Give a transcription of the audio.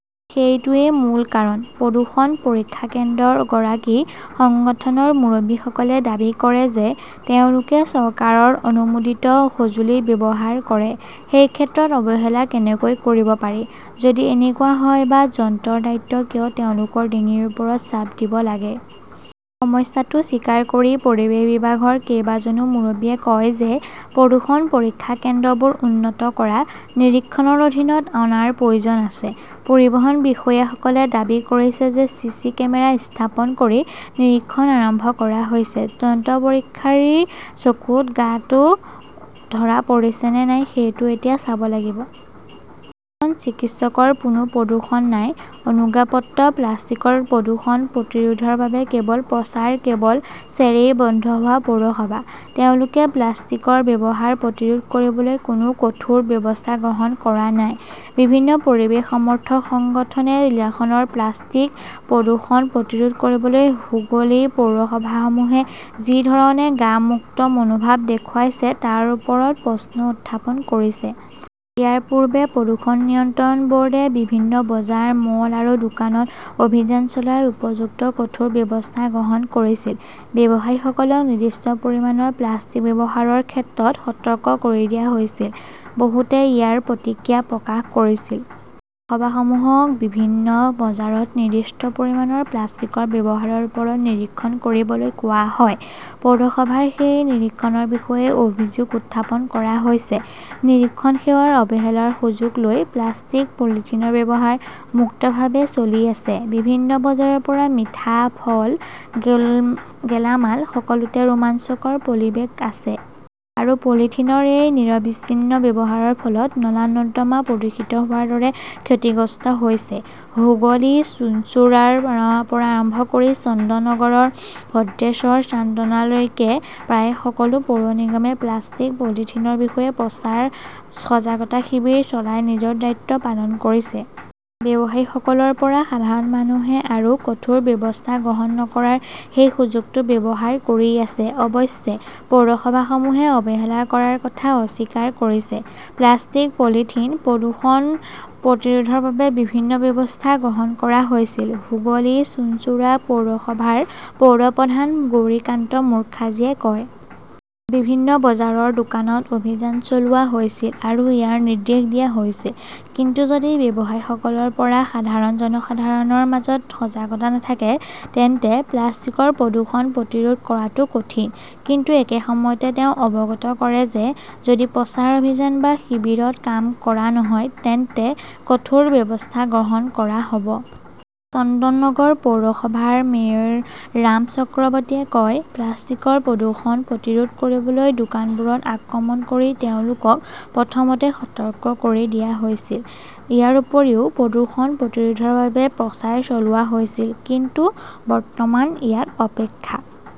সেইটোৱেই মূল কাৰণ। "প্ৰদূষণ পৰীক্ষা কেন্দ্ৰৰ গৰাকী সংগঠনৰ মুৰব্বীসকলে দাবী কৰে যে তেওঁলোকে চৰকাৰৰ অনুমোদিত সঁজুলি ব্যৱহাৰ কৰে। সেই ক্ষেত্ৰত অৱহেলা কেনেকৈ কৰিব পাৰি? যদি এনেকুৱা হয় বা যন্ত্ৰৰ দায়িত্ব কিয় তেওঁলোকৰ ডিঙিৰ ওপৰত চাপ দিব লাগে? সমস্যাটো স্বীকাৰ কৰি পৰিৱেশ বিভাগৰ কেইবাজনো মুৰব্বীয়ে কয় যে প্ৰদূষণ পৰীক্ষা কেন্দ্ৰবোৰ উন্নত কৰা, নিৰীক্ষণৰ অধীনত অনাৰ প্ৰয়োজন আছে। পৰিবহণ বিষয়াসকলে দাবী কৰিছে যে চিচি কেমেৰা স্থাপন কৰি নিৰীক্ষণ আৰম্ভ কৰা হৈছে। যন্ত্ৰ পৰীক্ষাৰীৰ চকুত গাঁতটো ধৰা পৰিছে নে নাই সেইটো এতিয়া চাব লাগিব। চাৰিজন চিকিৎসকৰ কোনো প্ৰদূষণ নাই-অনুজ্ঞাপত্ৰ প্লাষ্টিকৰ প্ৰদূষণ প্ৰতিৰোধৰ বাবে কেৱল প্ৰচাৰ কেৱল ছেৰেই বন্ধ হোৱা পৌৰসভা। তেওঁলোকে প্লাষ্টিকৰ ব্যৱহাৰ প্ৰতিৰোধ কৰিবলৈ কোনো কঠোৰ ব্যৱস্থা গ্ৰহণ কৰা নাই। বিভিন্ন পৰিৱেশ-সমৰ্থক সংগঠনে জিলাখনৰ প্লাষ্টিক প্ৰদূষণ প্ৰতিৰোধ কৰিবলৈ হুগলী পৌৰসভাসমূহে যি ধৰণে গা-মুক্ত মনোভাৱ দেখুৱাইছে তাৰ ওপৰত প্ৰশ্ন উত্থাপন কৰিছে। ইয়াৰ পূৰ্বে প্ৰদূষণ নিয়ন্ত্ৰণ ব "ৰ্ডে বিভিন্ন বজাৰ, মল আৰু দোকানত অভিযান চলাই উপযুক্ত কঠোৰ ব্যৱস্থা গ্ৰহণ কৰিছিল। ব্যৱসায়ীসকলক নিৰ্দিষ্ট পৰিমাণৰ প্লাষ্টিক ব্যৱহাৰৰ ক্ষেত্ৰত সতৰ্ক কৰি দিয়া হৈছিল। বহুতে ইয়াৰ প্ৰতিক্ৰিয়া প্ৰকাশ কৰিছিল। পৌৰসভাসমূহক বিভিন্ন বজাৰত নিৰ্দিষ্ট পৰিমাণৰ প্লাষ্টিকৰ ব্যৱহাৰৰ ওপৰত নিৰীক্ষণ কৰিবলৈ কোৱা হয়। পৌৰসভাৰ সেই নিৰীক্ষণৰ বিষয়ে অভিযোগ উত্থাপন কৰা হৈছে। নিৰীক্ষণ সেৱাৰ অৱহেলাৰ সুযোগ লৈ প্লাষ্টিক-পলিথিনৰ ব্যৱহাৰ মুক্তভাৱে চলি আছে। বিভিন্ন বজাৰৰ পৰা মিঠা, ফল, গেলামাল সকলোতে ৰোমাঞ্চকৰ পলিবেগ আছে। আৰু পলিথিনৰ এই নিৰবিচ্ছিন্ন ব্যৱহাৰৰ ফলত নলা-নৰ্দমা প্ৰদূষিত হোৱাৰ দৰে ক্ষতিগ্ৰস্ত হৈছে। হুগলী-চুঞ্চুৰাৰ পৰা আৰম্ভ কৰি চন্দননগৰ, ভদ্ৰেশ্বৰ, চান্দনাৰলৈকে প্ৰায় সকলো পৌৰ নিগমে প্লাষ্টিক-পলিথিনৰ বিৰুদ্ধে প্ৰচাৰ, সজাগতা শিবিৰ চলাই নিজৰ দায়িত্ব পালন কৰিছে। ব্যৱসায়ীসকলৰ পৰা সাধাৰণ মানুহে আৰু কঠোৰ ব্যৱস্থা গ্ৰহণ নকৰাৰ সেই সুযোগটো ব্যৱহাৰ কৰি আছে। অৱশ্যে পৌৰসভাসমূহে অৱহেলা কৰাৰ কথা অস্বীকাৰ কৰিছে। "প্লাষ্টিক-পলিথিন প্ৰদূষণ প্ৰতিৰোধৰ বাবে বিভিন্ন ব্যৱস্থা গ্ৰহণ কৰা হৈছিল", হুগলী-চুঞ্চুৰা পৌৰসভাৰ পৌৰ প্ৰধান গৌৰিকান্ত মুখাৰ্জীয়ে কয়। বিভিন্ন বজাৰৰ দোকানত অভিযান চলোৱা হৈছিল আৰু ইয়াৰ নিৰ্দেশ দিয়া হৈছিল। কিন্তু যদি ব্যৱসায়ীসকলৰ পৰা সাধাৰণ জনসাধাৰণৰ মাজত সজাগতা নাথাকে তেন্তে প্লাষ্টিকৰ প্ৰদূষণ প্ৰতিৰোধ কৰাটো কঠিন। "কিন্তু একে সময়তে তেওঁ অৱগত কৰে যে যদি প্ৰচাৰ অভিযান বা শিবিৰত কাম কৰা নহয় তেন্তে কঠোৰ ব্যৱস্থা গ্ৰহণ কৰা হ" ব। চন্দননগৰ পৌৰসভাৰ মেয়ৰ ৰাম চক্ৰৱৰ্তীয়ে কয়, "প্লাষ্টিকৰ প্ৰদূষণ প্ৰতিৰোধ কৰিবলৈ দোকানবোৰত আক্ৰমণ কৰি তেওঁলোকক প্ৰথমতে সতৰ্ক কৰি দিয়া হৈছিল। ইয়াৰ উপৰিও প্ৰদূষণ প্ৰতিৰোধৰ বাবে প্ৰচাৰ চলোৱা হৈছিল। কিন্তু বৰ্তমান ইয়াক উপেক্ষা